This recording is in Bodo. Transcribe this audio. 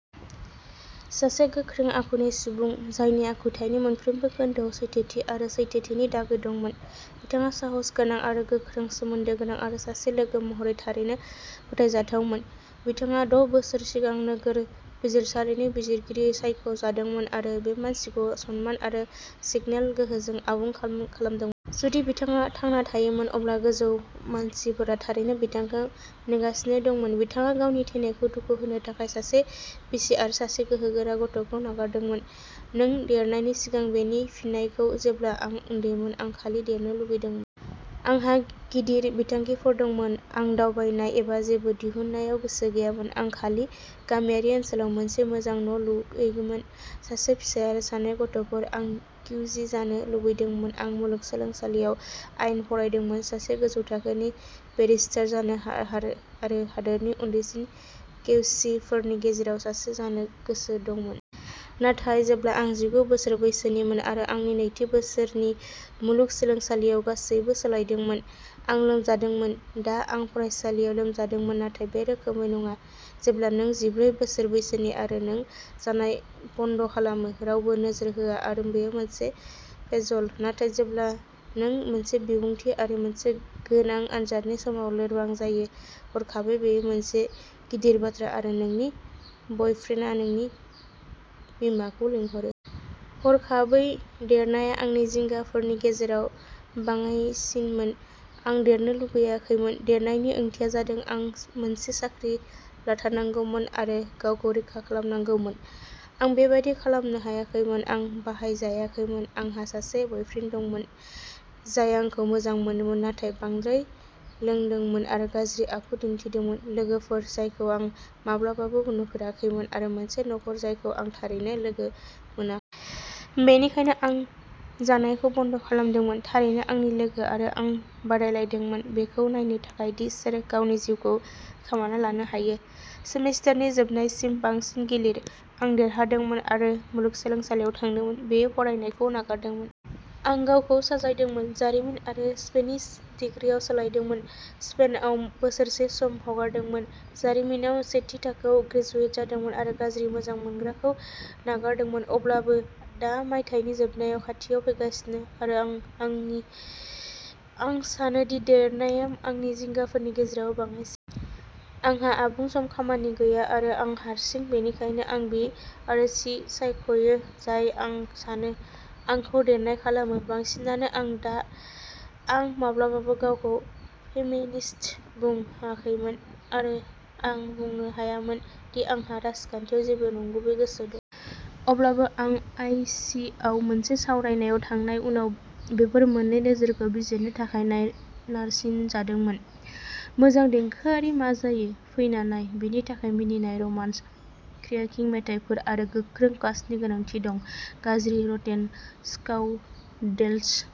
सासे गोख्रों आखुनि सुबुं, जायनि आखुथायनि मोनफ्रोमबो खोन्दोआव सैथोथि आरो सैथोथिनि दागो दंमोन। बिथाङा साहसगोनां आरो गोख्रों सोमोन्दो गोनां आरो सासे लोगो महरै थारैनो फोथायजाथावमोन। बिथाङा द' बोसोर सिगां नोगोर बिजिरसालिनि बिजिरगिरि सायख'जादोंमोन आरो बे मासिखौ सनमान आरो सिगनेल गोहोजों आबुं खालामदोंमोन। जुदि बिथाङा थांना थायोमोन, अब्ला गोजौ मानफोरा थारैनो बिथांखौ नेगासिनो दंमोन। बिथाङा गावनि थैनायखौ दुखु होनो थाखाय सासे बिसि आरो सासे गोहोगोरा गथ'खौ नागारदोंमोन। नों देरनायनि सिगां बेनि फिननायखौ। जेब्ला आं उन्दैमोन, आं खालि देरनो लुगैदोंमोन। आंहा गिदिर बिथांखिफोर दंमोन। आं दावबायनाय एबा जेबो दिहुननायाव गोसो गैयामोन, आं खालि गामियारि ओनसोलाव मोनसे मोजां न' लुगैयोमोन, सासे फिसाय आरो सानै गथ'फोर। आं किउसि जानो लुबैदोंमोन आं मुलुगसोलोंसालियाव आयेन फरायदोंमोन सासे गोजौ थाखोनि बेरिस्टार जानो आरो हादोरनि उन्दैसिन किउसिफोरनि गेजेराव सासे जानो गोसो दंमोन। नाथाय, जेब्ला आं जिगु बोसोर बैसोनिमोन आरो आंनि नैथि बोसोरनि मुलुगसोलोंसालियाव, गासैबो सोलायदोंमोन। आं लोमजादोंमोन। दा, आं फरायसालियाव लोमजादोंमोन नाथाय बे रोखोमै नङा। जेब्ला नों जिब्रै बोसोर बैसोनि आरो नों जानाय बन्द' खालामो, रावबो नोजोर होआ आरो बेयो मोनसे फेजल' नाथाय जेब्ला नों मोनसे बिबुंथि आरो मोनसे गोनां आनजादनि समाव लोरबां जायो, हरखाबै बेयो मोनसे गिदिर बाथ्रा आरो नोंनि बयफ्रेन्डआ नोंनि बिमाखौ लिंहरो। हरखाबै देरनाया आंनि जिंगाफोरनि गेजेराव बाङाइसिनमोन आं देरनो लुगैाखैमोन। देरनायनि ओंथिया जादों आं मोनसे साख्रि लाथारनांगौमोन आरो गावखौ रैखा खालामनांगौमोन। आं बेबादि खालामनो हायाखैमोन, आं बाहायजायैमोन। आंहा सासे बयफ्रेन्ड दंमोन जाय आंखौ मोजां मोनोमोन, नाथाय बांद्राय लोंदोंमोन आरो गाज्रि आखु दिन्थिदोंमोन, लोगोफोर जायखौ आं माब्लाबाबो नुफेराखैमोन आरो मोनसे नखर जायखौ आं थारैनो लोगो मोनाखैमोन। बेनिखायनो आं जानायखौ बन्द' खालामदोंमोन। थारैनो आंनि लोगो आरो आं बादायलायदोंमोन बेखौ नायनो थाखाय दि सोर गावनि जिउखौ खोमाना लानो हायो। सेमिस्टारनि जोबनायसिम बांसिन गिलिर। आं देरहादोंमोन आरो मुलुगसोलोंसालियाव थादोंमोन। बियो फरायनायखौ नागारदोंमोन। आं गावखौ साजायदोंमोन, जारिमिन आरो स्पेनिश दिग्रिआव सोलायदोंमोन, स्पेनआव बोसोरसे सम हगारदोंमोन, जारिमिनाव सेथि थाखोआव ग्रेजुवेट जादोंमोन आरो गाज्रि मोजां मोनग्राखौ नागारदोंमोन। अब्लाबो दा मायथाइनि जोबनाया खाथियाव फैगासिनो आरो आं सानोदि देरनाया आंनि जिंगाफोरनि गेजेराव बाङाइसिन। आंहा आबुं सम खामानि गैया आरो आं हारसिं। बेनिखायनो आं बि आरो सि सायख'यो। जाय, आं सानो, आंखौ देरनाय खालामो। बांसिनानो। दा आं माब्लाबाबो गावखौ फेमिनिस्ट बुंाखैमोन, आरो आं बुंनो हायामोन दि आंहा राजखान्थियाव जेबो नंगुबै गोसो दं। अब्लाबो आं आइसिएआव मोनसे सावरायनायाव थांनायनि उनाव बेफोर मोन्नै नोजोरखौ बिजिरनो थाखाय नारसिनजादोंमोन। मोजां देंखोआरि मा जायो फैना नाय। बेनि थाखाय मिनिनाय, रमान्स, क्र्याकिं मेथाइफोर आरो गोख्रों कास्टनि गोनांथि दं। गाज्रि रटेन स्काउन्ड्रेल्स।